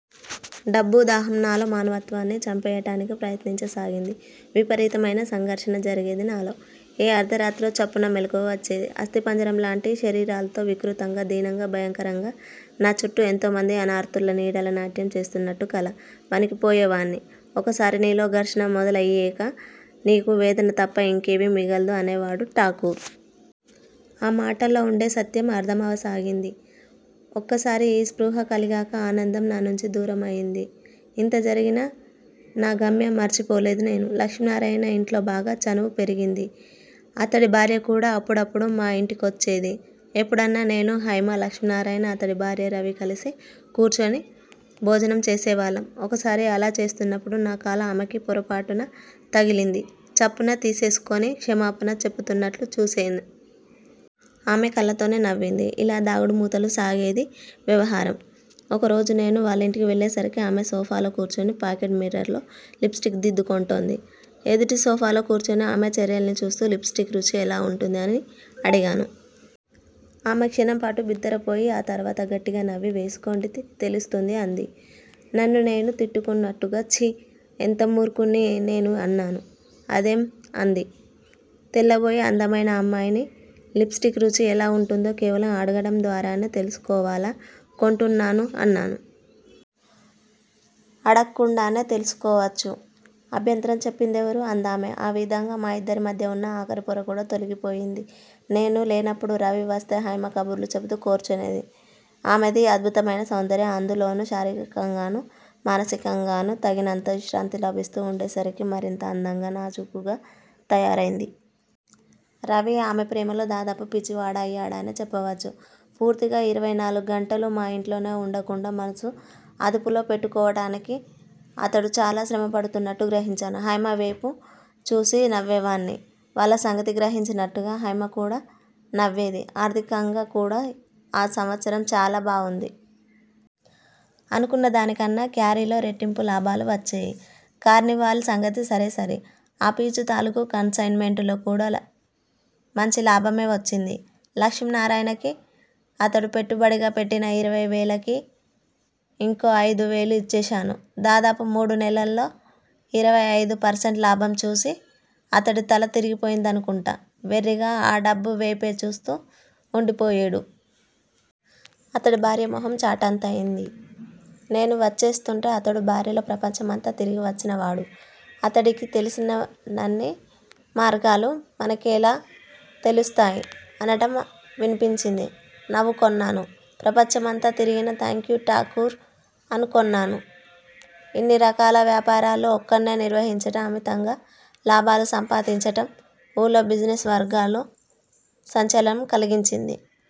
డబ్బు దాహం నాలో మానవత్వాన్ని చంపెయ్యటానికి ప్రయత్నించ సాగింది. విపరీతమైన సంఘర్షణ జరిగేది నాలో. ఏ అర్థరాత్రో చప్పున మెలకువ వచ్చేది అస్థిపంజరం లాంటి శరీరాల్తో వికృతంగా- దీనంగా -భయంకరంగా నాచుట్టూ ఎంతోమంది అన్నార్తుల నీడలు నాట్యం చేస్తున్నాట్టు కల. వణికిపోయేవాణ్ని. 'ఒకసారి నీలో ఘర్షణ మొదలయ్యేక నీకు వేదన తప్ప ఇంకేవీఁ మిగల్దు' అనేవాడు ఠాకూర్. ఆ మాటల్లో వుండే సత్యం అర్థమవసాగింది. ఒక్కసారి యీ స్పృహ కలిగాక ఆనందం నా నుంచి దూరమయింది. ఇంత జరిగినా నా గమ్యం మర్చిపోలేదు నేను. లక్ష్మీనారాయణ ఇంట్లో బాగా చనువు పెరిగింది. అతడి భార్య కూడా అప్పుడప్పుడు మా ఇంటికొచ్చేది. ఎప్పుడన్నా- నేను, హైమా, లక్ష్మీనారాయణ, అతడి భార్య, రవీ కలసి కూర్చొని భోజనం చేసేవాళ్ళం- ఒకసారి అలా చేస్తున్నప్పుడు నా కాలు ఆమెకి పొరపాటున తగిలింది చప్పున తీసేసుకొని క్షమాపణ చెపుతున్నట్లు చూసేను. ఆమె కళ్ళతోనే నవ్వింది. ఇలా దాగుడుమూతలుగా సాగేది వ్యవహారం. ఒకరోజు నేను వాళ్ళింటికి వెళ్ళేసరికి, ఆమె సోఫాలో కూర్చొని పాకెట్ మిర్రర్ లో లిప్ స్టిక్ దిద్దుకొంటోంది. ఎదుటి సోఫాలో కూర్చొని ఆమె చర్యల్ని చూస్తూ, లిప్ స్టిక్ రుచి ఎలా వుంటుంది? అని అడిగాను. ఆమె క్షణంపాటు బిత్తరపోయి, ఆ తరువాత గట్టిగా నవ్వి- వేసుకోండి తెలుస్తుంది అంది. నన్ను నేను తిట్టుకొంటున్నట్టుగా ఛీ- ఎంత మూర్ఖుణ్ని నేను అన్నాను. అదేం అంది తెల్లబోయి. అందమైన అమ్మాయిని లిప్ స్టిక్ రుచి ఎలా వుంటుందో కేవలం 'అడగటం' ద్వారానే తెలుసుకోవాలకొంటున్నాను అన్నాను. అడక్కుండానే తెలుసుకోవచ్చు. అభ్యంతరం చెప్పిందెవరు? అందామె. ఆ విధంగా మా ఇద్దరి మాధ్యా వున్న ఆఖరి పోరకూడా తొలగిపోయింది. నేను లేనప్పుడు రవి వస్తే హైమ కబుర్లు చెబుతూ కూర్చొనేది. ఆమెది అద్భుతమైనా సౌందర్యం- అందులోనూ శారీరకంగానూ, మానసికంగానూ తగినంత విశ్రాంతి లభిస్తూ వుండేసరికి మరింత అందంగా, నాజూకుగా తయారైంది. రవి ఆమె ప్రేమలో దాదాపు పిచ్చివాడయ్యాడనే చెప్పవచ్చు. పూర్తిగా ఇరవై నాలుగు గంటలూ మా ఇంట్లోనే వుండకుండా మనసు అదుపులో పెట్టుకోవటానికి అతడు చాలా శ్రమపడుతున్నట్టు గ్రహించాను. హైమ వేపు చూసి నవ్వేవాణ్ని, వాళ్ళ సంగతి గ్రహించినట్టుగా. హైమ కూడా నవ్వేది. ఆర్థికంగా కూడా ఆ సంవత్సరం చాలా బావుంది. అనుకున్నదానికన్నా క్వారీలో రెట్టింపు లాభాలు వచ్చేయి. కార్నివాల్ సంగతి సరేసరి. ఆ పీచు తాలూకు కన్ సైన్ మెంటులో కూడా మంచి లాభమే వచ్చింది. లక్ష్మీనారాయణకి అతడు పెట్టుబడిగా పెట్టిన ఇరవై వేలకి ఇంకో అయిదువేలు ఇచ్చేశాను. దాదాపు మూడు నెలల్లో ఇరవై అయిదు పర్సెంట్ లాభం చూసి, అతడి తల తిరిగిపోయిందనుకుంటా వెర్రిగా ఆ డబ్బువేపు చూస్తూ వుండిపోయేడు. అతడి భార్య మొహం చాటంతయింది. నేను వచ్చేస్తుంటే అతడు భార్యలో, ప్రపంచం అంతా తిరిగివచ్చినవాడు, అతడికి తెలిసినన్ని మార్గాలు మనకెలా తెలుస్తాయి? అనటం వినిపించింది. నవ్వుకొన్నాను. ప్రపంచం అంతా తిరిగినా? థాంక్యూ ఠాకూర్ అనుకొన్నాను. ఇన్ని రకాల వ్యాపారాలు ఒక్కణ్నే నిర్వహించటం, అమితంగా లాభాలు సంపాదించటం, ఊళ్ళో బిజినెస్ వర్గాల్లో సంచలనం కలిగించింది.